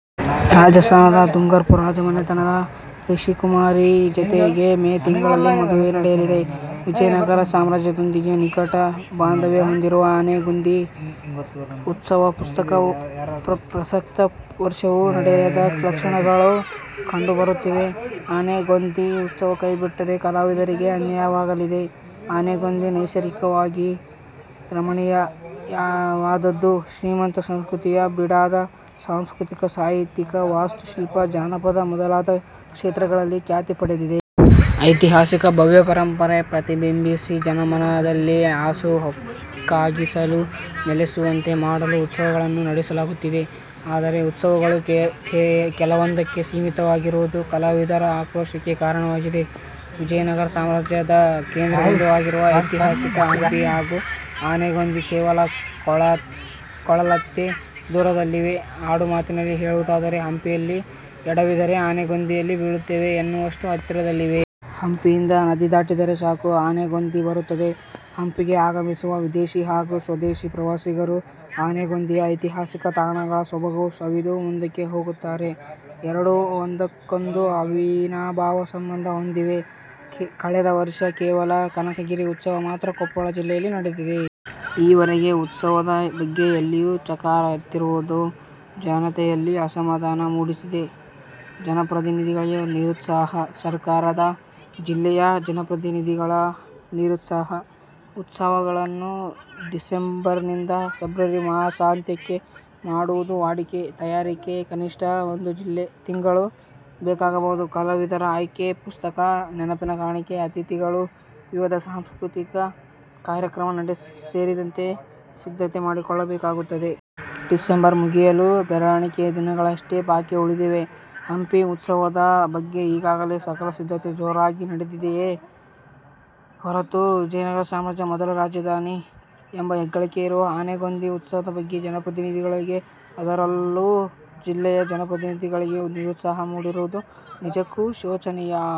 ರಾಜಸ್ಥಾನದ ದುಂಗರ್ಪುರ್ ರಾಜಮನೆತನದ ರಿಶಿಕಾಕುಮಾರಿ ಜತೆಗೆ ಮೇ ತಿಂಗಳಲ್ಲಿ ಮದುವೆ ನಡೆಯಲಿದೆ. ವಿಜಯನಗರ ಸಾಮ್ರಾಜ್ಯದೊಂದಿಗೆ ನಿಕಟ ಬಾಂಧವ್ಯ ಹೊಂದಿರುವ ಆನೆಗೊಂದಿ ಉತ್ಸವ ಪ್ರಸಕ್ತ ವರ್ಷವೂ ನಡೆಯದ ಲಕ್ಷಣಗಳು ಕಂಡು ಬರುತ್ತಿವೆ. ಆನೆಗೊಂದಿ ಉತ್ಸವ ಕೈ ಬಿಟ್ಟರೆ ಕಲಾವಿದರಿಗೆ ಅನ್ಯಾಯವಾಗಲಿದೆ. ಆನೆಗೊಂದಿ ನೈಸರ್ಗಿಕವಾಗಿ ರಮಣೀಯವಾದುದ್ದು. ಶ್ರೀಮಂತ ಸಂಸ್ಕೃತಿಯ ಬೀಡಾದ ಸಾಂಸ್ಕೃತಿಕ ಸಾಹಿತ್ಯೀಕ ವಾಸ್ತು ಶಿಲ್ಪ, ಜಾನಪದ ಮೊದಲಾದ ಕ್ಷೇತ್ರಗಳಲ್ಲಿ ಖ್ಯಾತಿ ಪಡೆದಿದೆ. ಐತಿಹಾಸಿಕ ಭವ್ಯ ಪರಂಪರೆ ಪ್ರತಿಬಿಂಬಿಸಿ ಜನಮನದಲ್ಲಿ ಹಾಸುಹೊಕ್ಕಾಗಿಸಲು ನೆಲೆಸುವಂತೆ ಮಾಡಲು ಉತ್ಸವಗಳನ್ನು ನಡೆಸಲಾಗುತ್ತಿದೆ. ಆದರೆ ಉತ್ಸವಗಳು ಕೆಲವೊಂದಕ್ಕೆ ಸೀಮಿತವಾಗಿರುವುದು ಕಲಾವಿದರ ಆಕ್ರೋಶಕ್ಕೆ ಕಾರಣವಾಗಿದೆ. ವಿಜಯನಗರ ಸಾಮ್ರಾಜ್ಯದ ಕೇಂದ್ರಬಿಂದುವಾಗಿರುವ ಐತಿಹಾಸಿಕ ಹಂಪಿ ಹಾಗೂ ಆನೆಗೊಂದಿ ಕೇವಲ ಕೂಗಳತೆ ದೂರದಲ್ಲಿವೆ. ಆಡು ಮಾತಿನಲ್ಲಿ ಹೇಳುವುದಾದರೆ ಹಂಪಿಯಲ್ಲಿ ಎಡವಿದರೆ ಆನೆಗೊಂದಿಯಲ್ಲಿ ಬೀಳುತ್ತೇವೆ ಎನ್ನುವಷ್ಟು ಹತ್ತಿರದಲ್ಲಿವೆ. ಹಂಪಿಯಿಂದ ನದಿ ದಾಟಿದರೆ ಸಾಕು ಆನೆಗೊಂದಿ ಬರುತ್ತದೆ. ಹಂಪಿಗೆ ಆಗಮಿಸುವ ವಿದೇಶಿ ಹಾಗೂ ಸ್ವದೇಶಿ ಪ್ರವಾಸಿಗರು ಆನೆಗೊಂದಿಯ ಐತಿಹಾಸಕ ತಾಣಗಳ ಸೊಬಗು ಸವಿದು ಮುಂದಕ್ಕೆ ಹೋಗುತ್ತಾರೆ. ಎರಡು ಒಂದಕ್ಕೊಂದು ಅವಿನಾಭಾವ ಸಂಬಂಧ ಹೊಂದಿವೆ. ಕಳೆದ ವರ್ಷ ಕೇವಲ ಕನಕಗಿರಿ ಉತ್ಸವ ಮಾತ್ರ ಕೊಪ್ಪಳ ಜಿಲ್ಲೆಯಲ್ಲಿ ನಡೆದಿದೆ. ಈ ವರೆಗೆ ಉತ್ಸವದ ಬಗ್ಗೆ ಎಲ್ಲಿಯೂ ಚಕಾರ ಎತ್ತದಿರುವುದು ಜನತೆಯಲ್ಲಿ ಅಸಮಾಧಾನ ಮೂಡಿಸಿದೆ. ಜನಪ್ರತಿನಿಧಿಗಳಿಗೆ ನಿರುತ್ಸಾಹ: ಸರಕಾರದ, ಜಿಲ್ಲೆಯ ಜನಪ್ರತಿನಿಧಿಗಳ ನಿರುತ್ಸಾಹ: ಉತ್ಸವಗಳನ್ನು ಡಿಸೆಂಬರ್ದಿಂದ ಫೆಬ್ರವರಿ ಮಾಸಾಂತ್ಯಕ್ಕೆ ಮಾಡುವುದು ವಾಡಿಕೆ. ತಯಾರಿಗೆ ಕನಿಷ್ಠ ಒಂದು ತಿಂಗಳು ಬೇಕಾಗಬಹುದು. ಕಲಾವಿದರ ಆಯ್ಕೆ, ಪುಸ್ತಕ, ನೆನಪಿನ ಕಾಣಿಕೆ, ಅತಿಥಿಗಳು ವಿವಿಧ ಸಾಂಸ್ಕೃತಿಕ ಕಾರ್ಯಕ್ರಮ ಸೇರಿದಂತೆ ಸಿದ್ಧತೆ ಮಾಡಿಕೊಳ್ಳಬೇಕಾಗುತ್ತದೆ. ಡಿಸೆಂಬರ್ ಮುಗಿಯಲು ಬೆರಳೆಣಿಕೆಯ ದಿನಗಳಷ್ಟೇ ಬಾಕಿ ಉಳಿದಿವೆ. ಹಂಪಿ ಉತ್ಸವದ ಬಗ್ಗೆ ಈಗಾಗಲೇ ಸಕಲ ಸಿದ್ಧತೆ ಜೋರಾಗಿ ನಡೆದಿದೆಯೇ ಹೊರತು ವಿಜಯ ನಗರ ಸಾಮ್ರಾಜ್ಯದ ಮೊದಲ ರಾಜಧಾನಿ ಎಂಬ ಹೆಗ್ಗಳಿಕೆ ಇರುವ ಆನೆಗೊಂದಿ ಉತ್ಸವದ ಬಗ್ಗೆ ಜನಪ್ರತಿನಿಧಿಗಳಿಗೆ ಅದರಲ್ಲೂ ಜಿಲ್ಲೆಯ ಜನಪ್ರತಿನಿಧಿಗಳಿಗೆ ನಿರುತ್ಸಾಹ ಮೂಡಿರುವುದು ನಿಜಕ್ಕೂ ಶೋಚನೀಯ.